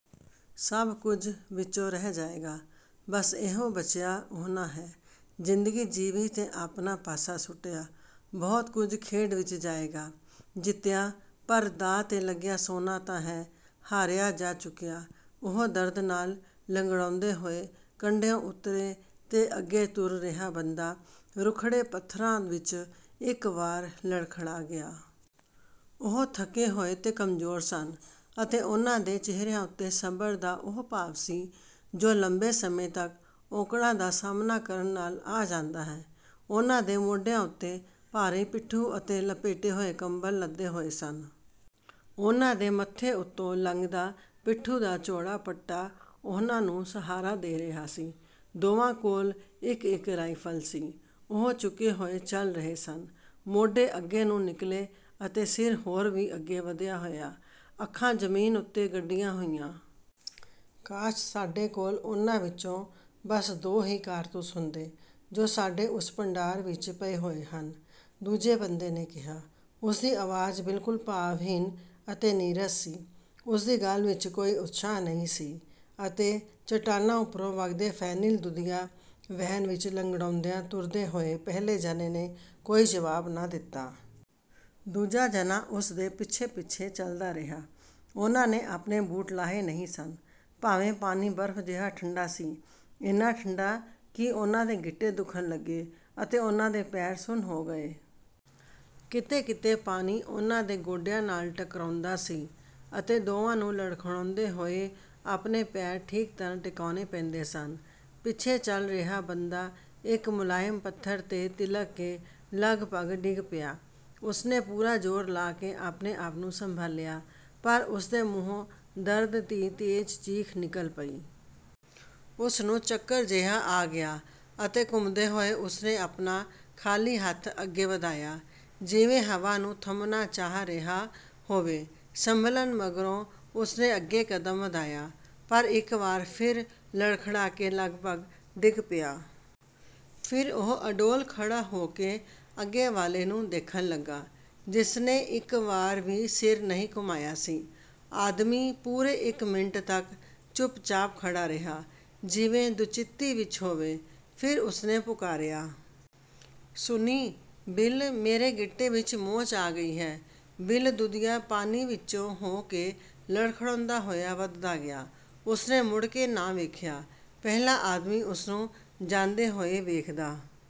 ਸਭ ਕੁੱਝ ਵਿੱਚੋਂ ਰਹਿ ਜਾਏਗਾ, ਬਸ ਇਹੋ ਬਚਿਆ ਉਹਨਾਂ ਹੈ। ਜ਼ਿੰਦਗੀ ਜੀਵੀ ਤੇ ਆਪਣਾ ਪਾਸਾ ਸੁੱਟਿਆ। ਬਹੁਤ ਕੁੱਝ ਖੇਡ ਵਿੱਚ ਜਾਏਗਾ, ਜਿੱਤਿਆ; ਪਰ ਦਾਅ 'ਤੇ ਲੱਗਿਆ ਸੋਨਾ ਤਾਂ ਹੈ ਹਾਰਿਆ ਜਾ ਚੁੱਕਿਆ। ਉਹ ਦਰਦ ਨਾਲ਼ ਲੰਗੜਾਉਂਦੇ ਹੋਏ ਕੰਢਿਓਂ ਉੱਤਰੇ ਤੇ ਅੱਗੇ ਤੁਰ ਰਿਹਾ ਬੰਦਾ ਰੁੱਖੜੇ ਪੱਥਰਾਂ ਵਿੱਚ ਇੱਕ ਵਾਰ ਲੜਖੜਾ ਗਿਆ। ਉਹ ਥੱਕੇ ਹੋਏ ਤੇ ਕਮਜ਼ੋਰ ਸਨ ਅਤੇ ਉਨ੍ਹਾਂ ਦੇ ਚਿਹਰਿਆਂ ਉੱਤੇ ਸਬਰ ਦਾ ਉਹ ਭਾਵ ਸੀ, ਜੋ ਲੰਮੇ ਸਮੇਂ ਤੱਕ ਔਕੜਾਂ ਦਾ ਸਾਹਮਣਾ ਕਰਨ ਨਾਲ਼ ਆ ਜਾਂਦਾ ਹੈ। ਉਨ੍ਹਾਂ ਦੇ ਮੋਢਿਆਂ ਉੱਤੇ ਭਾਰੀ ਪਿੱਠੂ ਅਤੇ ਲਪੇਟੇ ਹੋਏ ਕੰਬਲ਼ ਲੱਦੇ ਹੋਏ ਸਨ। ਉਨ੍ਹਾਂ ਦੇ ਮੱਥੇ ਉੱਤੋਂ ਲੰਘਦਾ ਪਿੱਠੂ ਦਾ ਚੌੜਾ ਪਟਾ ਉਹਨਾਂ ਨੂੰ ਸਹਾਰਾ ਦੇ ਰਿਹਾ ਸੀ। ਦੋਵਾਂ ਕੋਲ਼ ਇੱਕ-ਇੱਕ ਰਾਇਫਲ ਸੀ। ਉਹ ਝੁਕੇ ਹੋਏ ਚੱਲ ਰਹੇ ਸਨ; ਮੋਢੇ ਅੱਗੇ ਨੂੰ ਨਿੱਕਲ਼ੇ ਅਤੇ ਸਿਰ ਹੋਰ ਵੀ ਅੱਗੇ ਵਧਿਆ ਹੋਇਆ, ਅੱਖਾਂ ਜ਼ਮੀਨ ਉੱਤੇ ਗੱਡੀਆਂ ਹੋਈਆਂ। "ਕਾਸ਼ ਸਾਡੇ ਕੋਲ਼ ਉਨ੍ਹਾਂ ਵਿੱਚੋਂ ਬੱਸ ਦੋ ਹੀ ਕਾਰਤੂਸ ਹੁੰਦੇ, ਜੋ ਸਾਡੇ ਉਸ ਭੰਡਾਰ ਵਿੱਚ ਪਏ ਹੋਏ ਹਨ।" ਦੂਜੇ ਬੰਦੇ ਨੇ ਕਿਹਾ। ਉਸਦੀ ਅਵਾਜ਼ ਬਿਲਕੁਲ ਭਾਵਹੀਣ ਅਤੇ ਨੀਰਸ ਸੀ। ਉਸਦੀ ਗੱਲ ਵਿੱਚ ਕੋਈ ਉਤਸ਼ਾਹ ਨਹੀਂ ਸੀ ਅਤੇ ਚੱਟਾਨਾਂ ਉੱਪਰੋਂ ਵਗਦੇ ਫੇਨਿਲ ਦੁਧੀਆ ਵਹਿਣ ਵਿੱਚ ਲੰਗੜਾਉਂਦਿਆਂ ਤੁਰਦੇ ਹੋਏ ਪਹਿਲੇ ਜਣੇ ਨੇ ਕੋਈ ਜਵਾਬ ਨਾ ਦਿੱਤਾ। ਦੂਜਾ ਜਣਾ ਉਸਦੇ ਪਿੱਛੇ-ਪਿੱਛੇ ਚੱਲਦਾ ਰਿਹਾ। ਉਨ੍ਹਾਂ ਨੇ ਆਪਣੇ ਬੂਟ ਲਾਹੇ ਨਹੀਂ ਸਨ, ਭਾਵੇਂ ਪਾਣੀ ਬਰਫ ਜਿਹਾ ਠੰਡਾ ਸੀ, ਇੰਨਾ ਠੰਡਾ ਕਿ ਉਨ੍ਹਾਂ ਦੇ ਗਿੱਟੇ ਦੁਖਣ ਲੱਗੇ ਅਤੇ ਉਨ੍ਹਾਂ ਦੇ ਪੈਰ ਸੁੰਨ ਹੋ ਗਏ। ਕਿਤੇ-ਕਿਤੇ ਪਾਣੀ ਉਨ੍ਹਾਂ ਦੇ ਗੋਡਿਆਂ ਨਾਲ਼ ਟਕਰਾਉਂਦਾ ਸੀ ਅਤੇ ਦੋਵਾਂ ਨੂੰ ਲੜਖੜਾਉਂਦੇ ਹੋਏ ਆਪਣੇ ਪੈਰ ਠੀਕ ਤਰ੍ਹਾਂ ਟਿਕਾਉਂਣੇ ਪੈਂਦੇ ਸਨ। ਪਿੱਛੇ ਚੱਲ ਰਿਹਾ ਬੰਦਾ ਇੱਕ ਮੁਲਾਇਮ ਪੱਥਰ 'ਤੇ ਤਿਲਕ ਕੇ ਲਗਭਗ ਡਿੱਗ ਪਿਆ; ਉਸਨੇ ਪੂਰਾ ਜ਼ੋਰ ਲਾ ਕੇ ਆਪਣੇ-ਆਪ ਨੂੰ ਸੰਭਾਲ਼ਿਆ, ਪਰ ਉਸਦੇ ਮੂੰਹੋਂ ਦਰਦ ਦੀ ਤੇਜ਼ ਚੀਖ ਨਿੱਕਲ਼ ਪਈ। ਉਸਨੂੰ ਚੱਕਰ ਜਿਹਾ ਆ ਗਿਆ ਅਤੇ ਘੁੰਮਦੇ ਹੋਏ ਉਸਨੇ ਆਪਣਾ ਖਾਲੀ ਹੱਥ ਅੱਗੇ ਵਧਾਇਆ, ਜਿਵੇਂ ਹਵਾ ਨੂੰ ਥੰਮਣਾ ਚਾਹ ਰਿਹਾ ਹੋਵੇ। ਸੰਭਲਣ ਮਗਰੋਂ ਉਸਨੇ ਅੱਗੇ ਕਦਮ ਵਧਾਇਆ, ਪਰ ਇੱਕ ਵਾਰ ਫਿਰ ਲੜਖੜਾ ਕੇ ਲਗਭਗ ਡਿੱਗ ਪਿਆ। ਫਿਰ ਉਹ ਅਡੋਲ ਖੜਾ ਹੋ ਕੇ ਅੱਗੇ ਵਾਲ਼ੇ ਨੂੰ ਦੇਖਣ ਲੱਗਾ, ਜਿਸਨੇ ਇੱਕ ਵਾਰ ਵੀ ਸਿਰ ਨਹੀਂ ਘੁੰਮਾਇਆ ਸੀ। ਆਦਮੀ ਪੂਰੇ ਇੱਕ ਮਿੰਟ ਤੱਕ ਚੁੱਪਚਾਪ ਖੜਾ ਰਿਹਾ, ਜਿਵੇਂ ਦੁਚਿੱਤੀ ਵਿੱਚ ਹੋਵੇ। ਫਿਰ ਉਸਨੇ ਪੁਕਾਰਿਆ। "ਸੁਣੀਂ, ਬਿਲ, ਮੇਰੇ ਗਿੱਟੇ ਵਿੱਚ ਮੋਚ ਆ ਗਈ ਹੈ।" ਬਿਲ ਦੁਧੀਆ ਪਾਣੀ ਵਿੱਚੋਂ ਹੋ ਕੇ ਲੜਖੜਾਉਂਦਾ ਹੋਇਆ ਵਧਦਾ ਗਿਆ। ਉਸਨੇ ਮੁੜ ਕੇ ਨਾ ਵੇਖਿਆ। ਪਹਿਲਾ ਆਦਮੀ ਉਸਨੂੰ ਜਾਂਦੇ ਹੋਏ ਵੇਖਦਾ